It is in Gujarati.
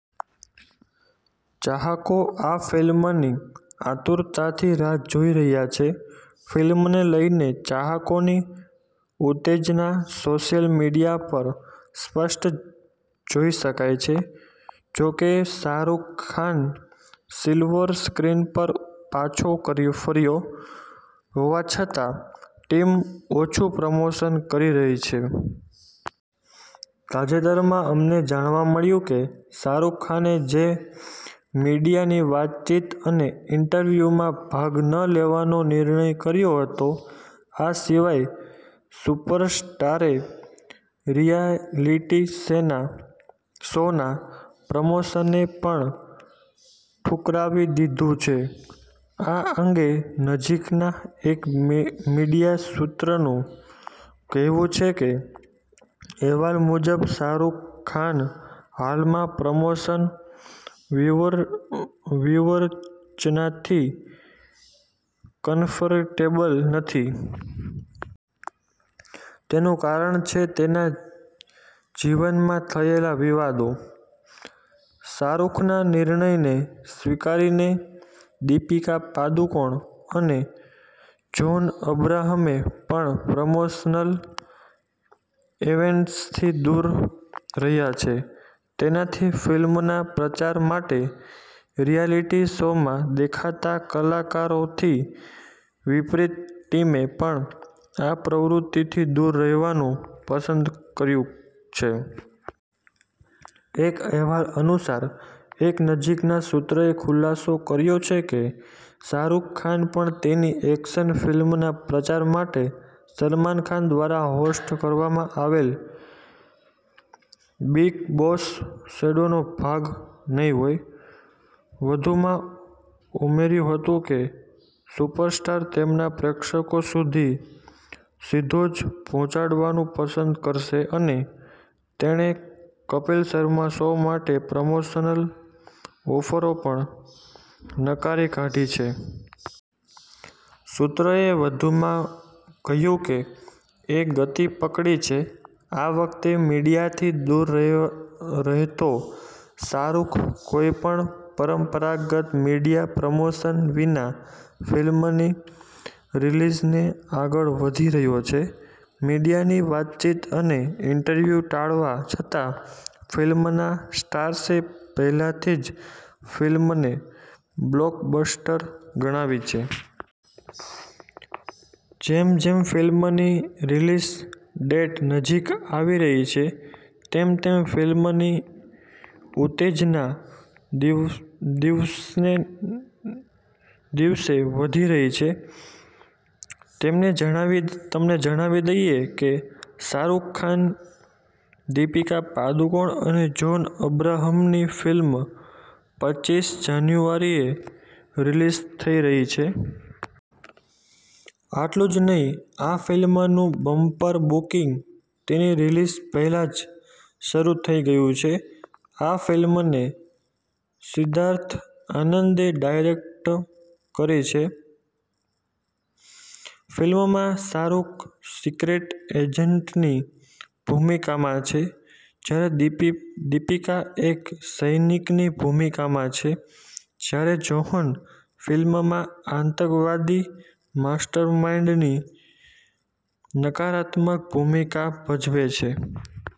ચાહકો આ ફિલ્મની આતુરતાથી રાહ જોઈ રહ્યા છે. ફિલ્મને લઈને ચાહકોની ઉત્તેજના સોશિયલ મીડિયા પર સ્પષ્ટ જોઈ શકાય છે. જો કે, શાહરૂખ ખાન સિલ્વર સ્ક્રીન પર પાછો ફર્યો હોવા છતાં, ટીમ ઓછુ પ્રમોશન કરી રહી છે. તાજેતરમાં અમને જાણવા મળ્યું કે શાહરૂખ ખાને જ મીડિયાની વાતચીત અને ઇન્ટરવ્યુમાં ભાગ ન લેવાનો નિર્ણય કર્યો હતો. આ સિવાય સુપરસ્ટારે રિયાલિટી શોના પ્રમોશનને પણ ઠુકરાવી દીધું છે. આ અંગે નજીકના એક મીડિયા સૂત્રનું કહેવું છે કે અહેવાલ મુજબ, શાહરૂખ ખાન હાલમાં પ્રમોશન વ્યૂહરચનાથી કમ્ફર્ટેબલ નથી. તેનું કારણ છે તેના જીવનમાં થયેલા વિવાદો. શાહરૂખના નિર્ણયને સ્વીકારીને દીપિકા પાદુકોણ અને જોન અબ્રાહમે પણ પ્રમોશનલ ઈવેન્ટ્સથી દૂર રહ્યા છે. તેમની ફિલ્મના પ્રચાર માટે રિયાલિટી શોમાં દેખાતા કલાકારોથી વિપરીત, ટીમે પણ આ પ્રવૃત્તિથી દૂર રહેવાનું પસંદ કર્યું છે. એક અહેવાલ અનુસાર, એક નજીકના સૂત્રએ ખુલાસો કર્યો છે કે શાહરૂખ ખાન પણ તેની એક્શન ફિલ્મના પ્રચાર માટે સલમાન ખાન દ્વારા હોસ્ટ કરવામાં આવેલ બિગ બોસ સોડનો ભાગ નહીં હોય. વધુમાં ઉમેર્યું હતું કે સુપરસ્ટાર તેના પ્રેક્ષકો સુધી સીધો જ પહોંચવાનું પસંદ કરશે અને તેણે કપિલ શર્મા શો માટે પ્રમોશનલ ઑફરો પણ નકારી કાઢી છે. સૂત્રએ વધુમાં કહ્યું કે એ ગતિ પકડી છે આ વખતે મીડિયાથી દૂર રહેતો શાહરૂખ. કોઈપણ પરંપરાગત મીડિયા પ્રમોશન વિના ફિલ્મની રિલીઝને આગળ વધી રહ્યો છે. મીડિયાની વાતચીત અને ઇન્ટરવ્યુ ટાળવા છતાં ફિલ્મના સ્ટાર્સે પહેલાથી જ ફિલ્મને બ્લોકબસ્ટર ગણાવી છે. જેમ જેમ ફિલ્મની રિલીઝ ડેટ નજીક આવી રહી છે તેમ તેમ ફિલ્મની ઉત્તેજના દિવસેને દિવસે વધી રહી છે. તમને જણાવી દઈએ કે, શાહરૂખ ખાન, દીપિકા પાદુકોણ અને જોન અબ્રાહમની ફિલ્મ પચીસ જાન્યુઆરીએ રિલીઝ થઈ રહી છે. આટલું જ નહીં આ ફિલ્મનું બમ્પર બુકિંગ તેની રિલીઝ પહેલા જ શરૂ થઈ ગયું છે. આ ફિલ્મને સિદ્ધાર્થ આનંદે ડાયરેક્ટ કરી છે. ફિલ્મમાં શાહરૂખ સિક્રેટ એજન્ટની ભૂમિકામાં છે, જ્યારે દીપિકા એક સૈનિકની ભૂમિકામાં છે ,જ્યારે જ્હોન ફિલ્મમાં આતંકવાદી માસ્ટરમાઇન્ડની નકારાત્મક ભૂમિકા ભજવે છે.